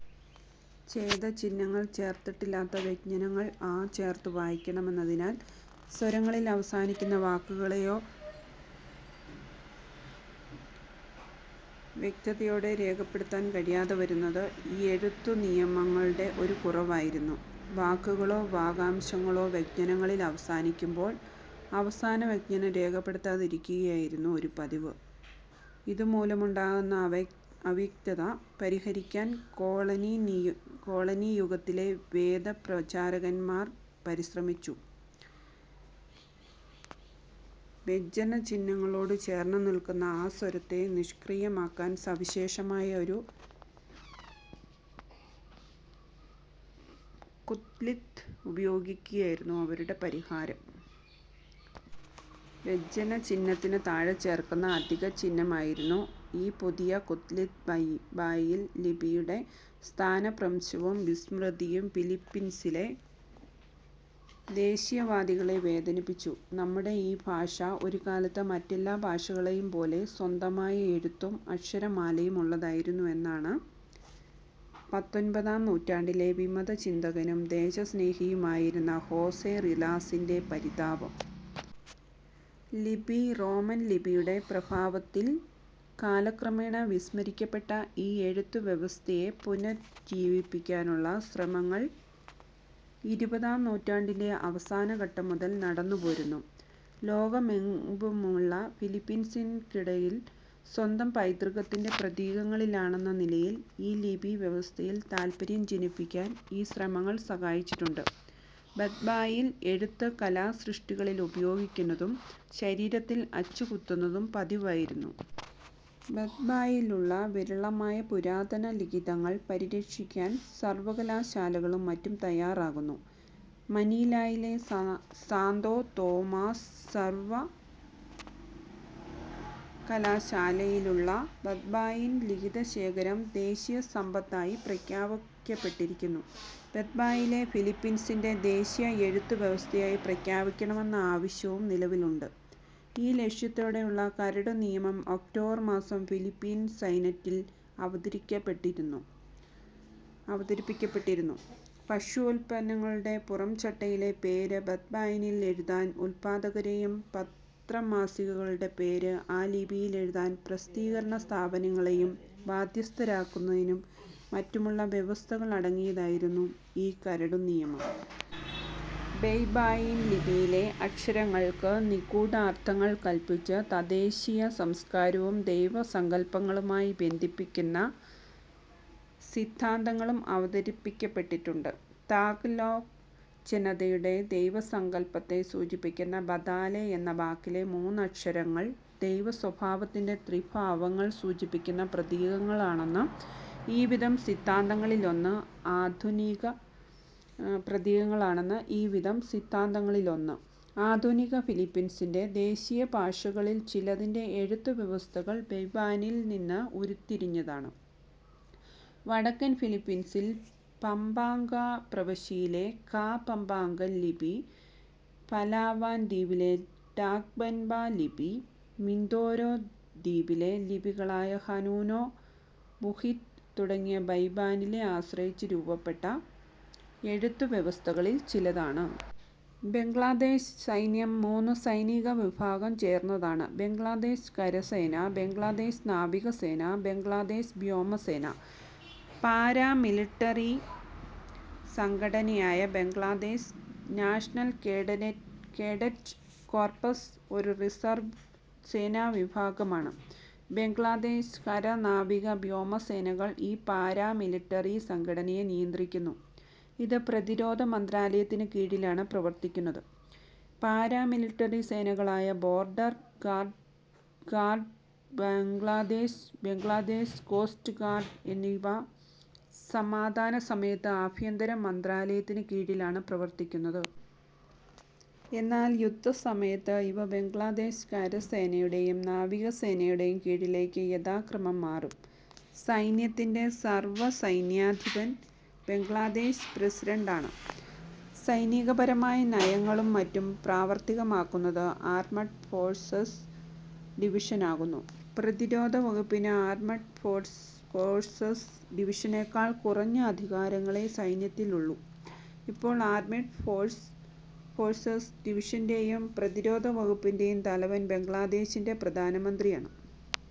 ഛേദചിഹ്നങ്ങൾ ചേർത്തിട്ടില്ലാത്ത വ്യഞ്ജനങ്ങൾ 'അ' ചേർത്തു വായിക്കണമെന്നതിനാൽ, സ്വരങ്ങളിൽ അവസാനിക്കുന്ന വാക്കുകളെയോ, വാഗംശങ്ങളെയോ വ്യക്തതയോടെ രേഖപ്പെടുത്താൻ കഴിയാതെ വരുന്നത് ഈ എഴുത്തുനിയമങ്ങളുടെ ഒരു കുറവായിരുന്നു. വാക്കുകളോ വാഗംശങ്ങളോ വ്യഞ്ജനങ്ങളിൽ അവസാനിക്കുമ്പോൾ, അവസാനവ്യഞ്ജനം രേഖപ്പെടുത്താതിരിക്കുകയായിരുന്നു ഒരു പതിവ്. ഇതുമൂലമുണ്ടാകുന്ന അവ്യക്തത പരിഹരിക്കാൻ കോളനിയുഗത്തിലെ വേദപ്രചാരകന്മാർ പരിശ്രമിച്ചു. വ്യഞ്ജനചിഹ്നങ്ങളോടു ചേർന്നുനിൽക്കുന്ന 'അ' സ്വരത്തെ നിഷ്ക്രിയമാക്കാൻ സവിശേഷമായ ഒരു 'കുദ്ലിത്' ഉപയോഗിക്കുകയായിരുന്നു അവരുടെ പരിഹാരം. വ്യഞ്ജനചിഹ്നത്തിനു താഴെ ചേർക്കുന്ന അധികഛിഹ്നം ആയിരുന്നു ഈ പുതിയ 'കുദ്ലിത്'. ബയ്ബായിൽ ലിപിയുടെ സ്ഥാനഭ്രംശവും വിസ്മൃതിയും ഫിലിപ്പീൻസിലെ ദേശീയവാദികളെ വേദനിപ്പിച്ചു. "നമ്മുടെ ഈ ഭാഷ ഒരുകാലത്ത് മറ്റെല്ലാ ഭാഷകളേയും പോലെ സ്വന്തമായ എഴുത്തും അക്ഷരമാലയും ഉള്ളതായിരുന്നു" എന്നാണ് പത്തൊൻപതാം നൂറ്റാണ്ടിലെ വിമതചിന്തകനും ദേശസ്നേഹിയുമായിരുന്ന ഹോസെ റിസാലിന്റെ പരിതാപം. ലിപി റോമൻലിപിയുടെ പ്രഭാവത്തിൽ കാലക്രമേണ വിസ്മരിക്കപ്പെട്ട ഈ എഴുത്തുവ്യവസ്ഥയെ പുനരുജ്ജീവിപ്പിക്കാനുള്ള ശ്രമങ്ങൾ ഇരുപതാം നൂറ്റാണ്ടിന്റെ അവസാനഘട്ടം മുതൽ നടന്നുപോരുന്നു. ലോകമ്പെങ്ങുമുള്ള ഫിലിപ്പീനികൾക്കിടയിൽ, സ്വന്തം പൈതൃകത്തിന്റെ പ്രതീകങ്ങളിലൊന്നെന്ന നിലയിൽ ഈ ലിപിവ്യവസ്ഥയിൽ താത്പര്യം ജനിപ്പിക്കാൻ ഈ ശ്രമങ്ങൾ സഹായിച്ചിട്ടുണ്ട്. ബയ്ബായിൻ എഴുത്ത് കലാസൃഷ്ടികളിൽ ഉപയോഗിക്കുന്നതും ശരീരത്തിൽ അച്ചുകുത്തുന്നതും പതിവായിരിക്കുന്നു. ബയ്ബായിനുള്ള വിരളമായ പുരാതനലിഖിതങ്ങൾ പരിരക്ഷിക്കാൻ സർവകലാശാലകളും മറ്റും തയ്യാറാകുന്നു. മനിലായിലെ സാന്തോ തോമാസ് സർവകലാശാലയിലുള്ള ബയ്ബായിൻ ലിഖിതശേഖരം ദേശീയസമ്പത്തായി പ്രഖ്യാപിക്കപ്പെട്ടിരിക്കുന്നു. ബയ്ബായിനെ ഫിലിപ്പീൻസിന്റെ ദേശീയ എഴുത്തുവ്യവസ്ഥയായി പ്രഖ്യാപിക്കണമെന്ന ആവശ്യവും നിലവിലുണ്ട്. ഈ ലക്ഷ്യത്തോടെയുള്ള കരടുനിയമം ഒക്ടോബർ മാസം ഫിലിപ്പീൻ സെനറ്റിൽ അവതരിപ്പിക്കപ്പെട്ടിരുന്നു. ഭക്ഷ്യോല്പന്നങ്ങളുടെ പുറംചട്ടയിലെ പേര് ബയ്ബായിനിൽ എഴുതാൻ ഉല്പാദകരേയും, പത്രമാസികകളുടെ പേര് ആ ലിപിയിൽ എഴുതാൻ പ്രസിദ്ധീകരണസ്ഥാപനങ്ങളേയും ബാദ്ധ്യസ്ഥരാക്കുന്നതിനും മറ്റുമുള്ള വ്യവസ്ഥകൾ അടങ്ങിയതായിരുന്നു ഈ കരടുനിയമം. ബയ്ബായിൻ ലിപിയിലെ അക്ഷരങ്ങൾക്ക് നിഗൂഢാർത്ഥങ്ങൾ കല്പിച്ച് തദ്ദേശീയസംസ്കാരവും ദൈവസങ്കല്പങ്ങളുമായി ബന്ധിപ്പിക്കുന്ന സിദ്ധാന്തങ്ങളും അവതരിപ്പിക്കപ്പെട്ടിട്ടുണ്ട്. താഗലോഗ് ജനതയുടെ ദൈവസങ്കല്പത്തെ സൂചിപ്പിക്കുന്ന 'ബതാല' എന്ന വാക്കിലെ മൂന്നക്ഷരങ്ങൾ, ദൈവസ്വഭാവത്തിന്റെ ത്രിഭാവങ്ങൾ സൂചിപ്പിക്കുന്ന പ്രതീകങ്ങളാണെന്നാണ് ഈവിധം സിദ്ധാന്തങ്ങളിലൊന്ന്. ആധുനിക ഫിലിപ്പീൻസിലെ ദേശീയഭാഷകളിൽ ചിലതിന്റെ എഴുത്തുവ്യവസ്ഥകൾ ബയ്ബായിനിൽ നിന്ന് ഉരുത്തിരിഞ്ഞതാണ്. വടക്കൻ ഫിലിപ്പീൻസിൽ പമ്പാംഗാ പ്രവിശ്യയിലെ കാ-പമ്പാംഗൻ ലിപി, പലാവാൻ ദ്വീപിലെ ടാഗ്ബൻവാ ലിപി, മിന്ദോരോ ദ്വീപിലെ ലിപികളായ ഹനുനോ, ബുഹിദ് തുടങ്ങിയവ ബയ്ബായിനെ ആശ്രയിച്ചു രൂപപ്പെട്ട എഴുത്തുവ്യവസ്ഥകളിൽ ചിലതാണ്. ബംഗ്ലാദേശ് സൈന്യം മൂന്നു സൈനികവിഭാഗം ചേർന്നതാണ്: ബംഗ്ലാദേശ് കരസേന, ബംഗ്ലാദേശ് നാവികസേന, ബംഗ്ലാദേശ് വ്യോമസേന. പാരാമിലിട്ടറി സംഘടനയായ ബംഗ്ലാദേശ് നാഷണൽ കേഡറ്റ് കോർപ്സ് ഒരു റിസർവ്ഡ് സേനാവിഭാഗമാണ്. ബംഗ്ലാദേശ് കര-നാവിക-വ്യോമസേനകൾ ഈ പാരാ മിലിട്ടറി സംഘടനയെ നിയന്ത്രിക്കുന്നു. ഇത് പ്രതിരോധ മന്ത്രാലയത്തിനു കീഴിലാണ് പ്രവർത്തിക്കുന്നത്. പാരാമിലിട്ടറി സേനകളായ border guard Bangladesh, Bangladesh coast guard എന്നിവ സമാധാനസമയത്ത് ആഭ്യന്തരമന്ത്രാലയത്തിനു കീഴിലാണു പ്രവർത്തിക്കുന്നത്. എന്നാൽ യുദ്ധസമയത്ത് ഇവ ബംഗ്ലാദേശ് കരസേനയുടെയും നാവികസേനയുടെയും കീഴിലേയ്ക്കു യഥാക്രമം മാറും. സൈന്യത്തിന്റെ സർവ്വസൈന്യാധിപൻ ബംഗ്ലാദേശ് പ്രസിഡന്റ് ആണ്. സൈനികപരമായ നയങ്ങളും മറ്റും പ്രാവർത്തികമാക്കുന്നത്, ആർമ്ഡ് ഫോഴ്സസ് ഡിവിഷൻ ആകുന്നു. പ്രതിരോധവകുപ്പിനു ആർമ്ഡ് ഫോഴ്സസ് ഡിവിഷനേക്കാൾ കുറഞ്ഞ അധികാരങ്ങളേ സൈന്യത്തിലുള്ളു. ഇപ്പോൾ, ആർമ്ഡ് ഫോഴ്സസ് ഡിവിഷന്റെയും പ്രതിരോധവകുപ്പിന്റെയും തലവൻ ബംഗ്ലാദേശിന്റെ പ്രധാനമന്ത്രിയാണ്.